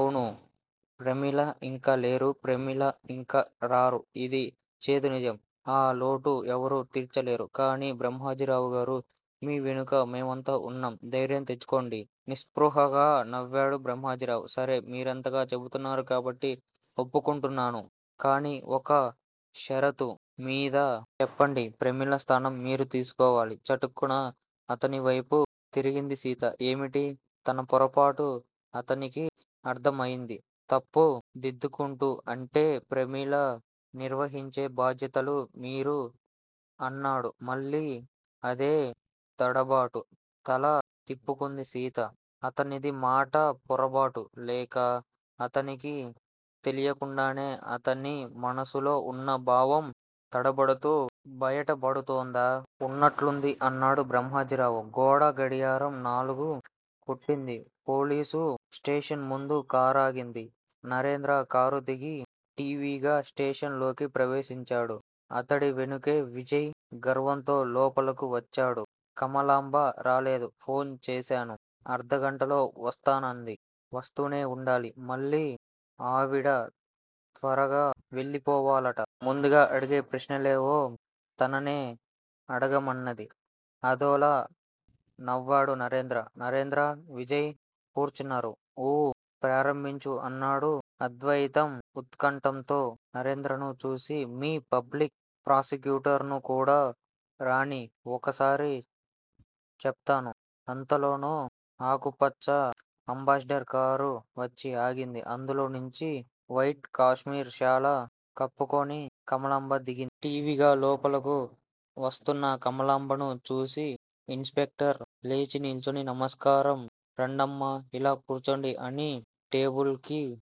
అవును? ప్రమీల ఇంక లేరు! ప్రమీల ఇంక రారు! ఇది చేదునిజం! ఆ లోటు ఎవరూ తీర్చలేరు! కానీ బ్రహ్మాజీరావుగారూ! మీ వెనక మేమంతా ఉన్నాం! ధైర్యం తెచ్చుకోండి! నిస్పృహగా నవ్వాడు బ్రహ్మాజీరావు. సరే! మీరంతగా చెబుతున్నారు కాబట్టి ఒప్పుకుంటున్నాను. కానీ ఒక షరతు మీద! చెప్పండి ప్రమీల స్థానం మీరు తీసుకోవాలి చటుక్కున అతనివైపు తిరిగింది సీత. ఏమిటి? తనపొరపాటు అతనికి అర్ధం అయింది. తప్పు దిద్దుకుంటూ అంటే, ప్రమీల నిర్వహించే బాధ్యతలు మీరు అన్నాడు మళ్ళీ అదే తడబాటు. తల తిప్పుకుంది సీత. అతనిది మాట పొరబాటా? లేక, అతనికి తెలియకుండానే అతని మనసులో ఉన్న భావం తడబడుతూ బయటపడుతోందా? ఉన్నట్లుండి అన్నాడు బ్రహ్మాజీరావు. గోడ గడియారం నాలుగు కొట్టింది, పోలీసు స్టేషన్ ముందు కారాగింది. నరేంద్ర కారుదిగి ఠీవిగా స్టేషన్ లోకి ప్రవేశించాడు. అతడి వెనకే విజయ్ గర్వంతో లోపలకు వచ్చాడు. కమలాంబ రాలేదా? ఫోన్ చేశాను. అర్థగంటలో వస్తానన్నది. వస్తూనే ఉండాలి. మళ్లీ ఆవిడ త్వరగా వెళ్ళిపోవాలట. ముందుగా అడిగే ప్రశ్నలేవో తననే అడగమన్నది. అదోలా నవ్వాడు నరేంద్ర. నరేంద్ర, విజయ్ కూర్చున్నారు. ఊ! ప్రారంభించు అన్నాడు అద్వయితం ఉత్కంఠతో నరేంద్రను చూసి. మీ పబ్లిక్ ప్రాసిక్యూటర్ ను కూడా రానియ్. ఒకసారి చెప్తాను. అంతలో ఆకుపచ్చ అంబాసిడర్ కారు వచ్చి ఆగింది. అందులో నుంచి వైట్ కాశ్మీర్ శాల కప్పుకొని కమలాంబ దిగింది. ఠీవిగా లోపలకు వస్తున్నా కమలాంబను చూసి ఇన్స్ స్పెక్టర్ లేచినిల్చుని నమస్కారం రండమ్మా ఇలా కూర్చోండి. అని టేబుల్ కు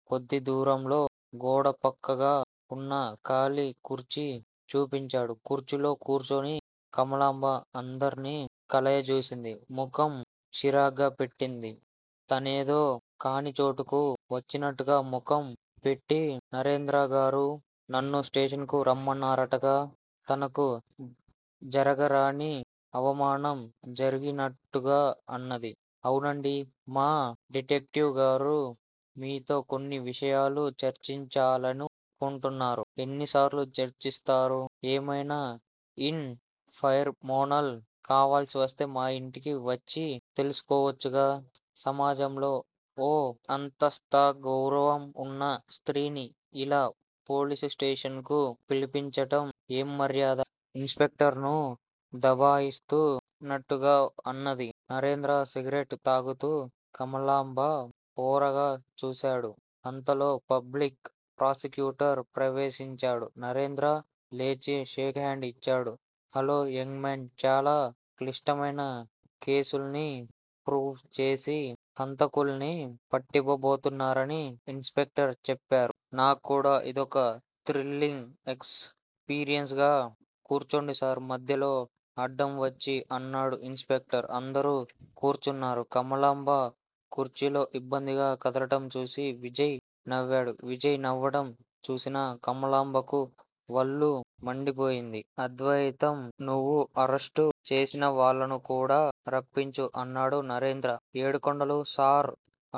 కొద్ది దూరంలో గోడపక్కగా ఉన్న ఖాలీ కుర్చీ చూపించాడు. కుర్చీలో కూర్చుని కమలాంబ అందర్నీ కలయజూసింది. ముఖం చిరాగ్గా పెట్టింది. తనేదో కానిచోటుకు వచ్చినట్టుగా ముఖం పెట్టి నరేంద్రగారూ! నన్ను స్టేషన్ కు రమ్మన్నారటగా? తనకు జరగరాని అవమానం జరిగినట్టుగా అన్నది. అవునండీ! మా డిటెక్టివ్ గారు మీతో కొన్ని విషయాలు చర్చిచాలను కొంటున్నారు. ఎన్నిసార్లు చర్చిస్తారు? ఏమైనా ఇన్ ఫర్ మేషన్ కావాల్సివస్తే మా ఇంటికి వచ్చి తెలుసుకోవచ్చుగా? సమాజంలో ఓ అంతస్థూ, గౌరవం ఉన్న స్త్రీని ఇలా పోలీసు స్టేషన్ కు పిలిపించడం ఏంమర్యాద? ఇన్స్ స్పెక్టర్ ను దవాయిస్తున్నట్టుగా అన్నది. నరేంద్ర సిగరెట్ తాగుతూ కమలాంబ ఓరగా చూశాడు. అంతలో పబ్లిక్ ప్రాసిక్యూటర్ ప్రవేశించాడు. నరేంద్ర లేచి షేక్ హాండ్ ఇచ్చాడు, హల్లో యంగ్ మాన్ చాలా క్లిష్టమైన కేసుల్ని ప్రూవ్ చేసి హంతకుల్ని పట్టివ్వబోతున్నారని ఇన్స్ స్పెక్టర్ చెప్పారు. నాక్కూడా ఇదొక థ్రిల్లింగ్ ఎక్స్ పీరియన్స్ గా కూర్చొండి సార్! మధ్యలో అడ్డంవచ్చి అన్నాడు ఇన్స్ స్పెక్టర్. అందరూ కూర్చున్నారు. కమలాంబ కుర్చీలో ఇబ్బందిగా కదలడం చూసి విజయ్ నవ్వాడు. విజయ్ నవ్వడం చూసిన కమలాంబకు వళ్ళు మండిపోయింది. అద్వయితం నువ్వు అరెస్టు చేసినవాళ్ళను కూడా రప్పించు అన్నాడు నరేంద్ర. ఏడుకొండలూ! సార్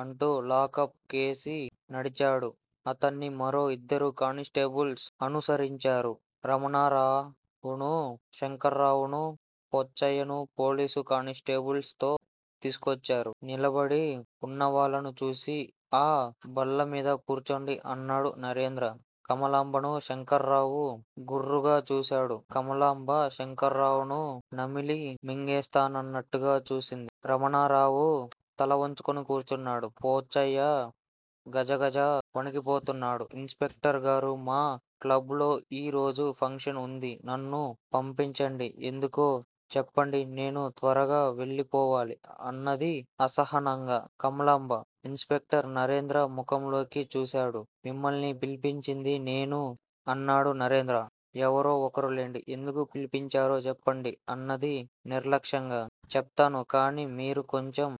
అంటూ లాకప్ కేసి నడిచాడు. అతడ్ని మరో ఇద్దరు కాని స్టేబుల్స్ అనుసరించారు. రమణారావునూ, శంకర్రావూనూ, పోచయ్యను పోలీసు కానిస్టేబుల్స్ తీసుకొచ్చారు. నిలబడి ఉన్నవాళ్ళను చూసి ఆ బల్లమీద కూర్చొండి అన్నాడు నరేంద్ర. కమలాంబను శంకర్రావు గుర్రుగా చూశాడు. కమలాంబ శంకర్రావును నమిలి మింగేస్తానన్నట్టుగా చూసింది. రమణారావు తలవంచుకొని కూర్చున్నాడు. పోచయ్య గజగజ వణికిపోతున్నాడు. ఇన్స్ స్పెక్టర్ గారూ! మా క్లబ్బులో ఈరోజు ఫంక్షన్ ఉంది. నన్ను పిలిపించింది ఎందుకో చెప్పండి. నేను త్వరగా వెళ్ళిపోవాలి. అన్నది అసహనంగా కమలాంబ. ఇన్స్ స్పెక్టర్ నరేంద్ర ముఖంలోకి చూశాడు. మిమ్మల్ని పిలిపించింది నేను అన్నాడు నరేంద్ర. ఎవరో ఒకరు లెండి. ఎందుకు పిలిపించారో చెప్పండి అన్నది నిర్లక్ష్యంగా. చెప్తాను కాని మీరు కొంచెం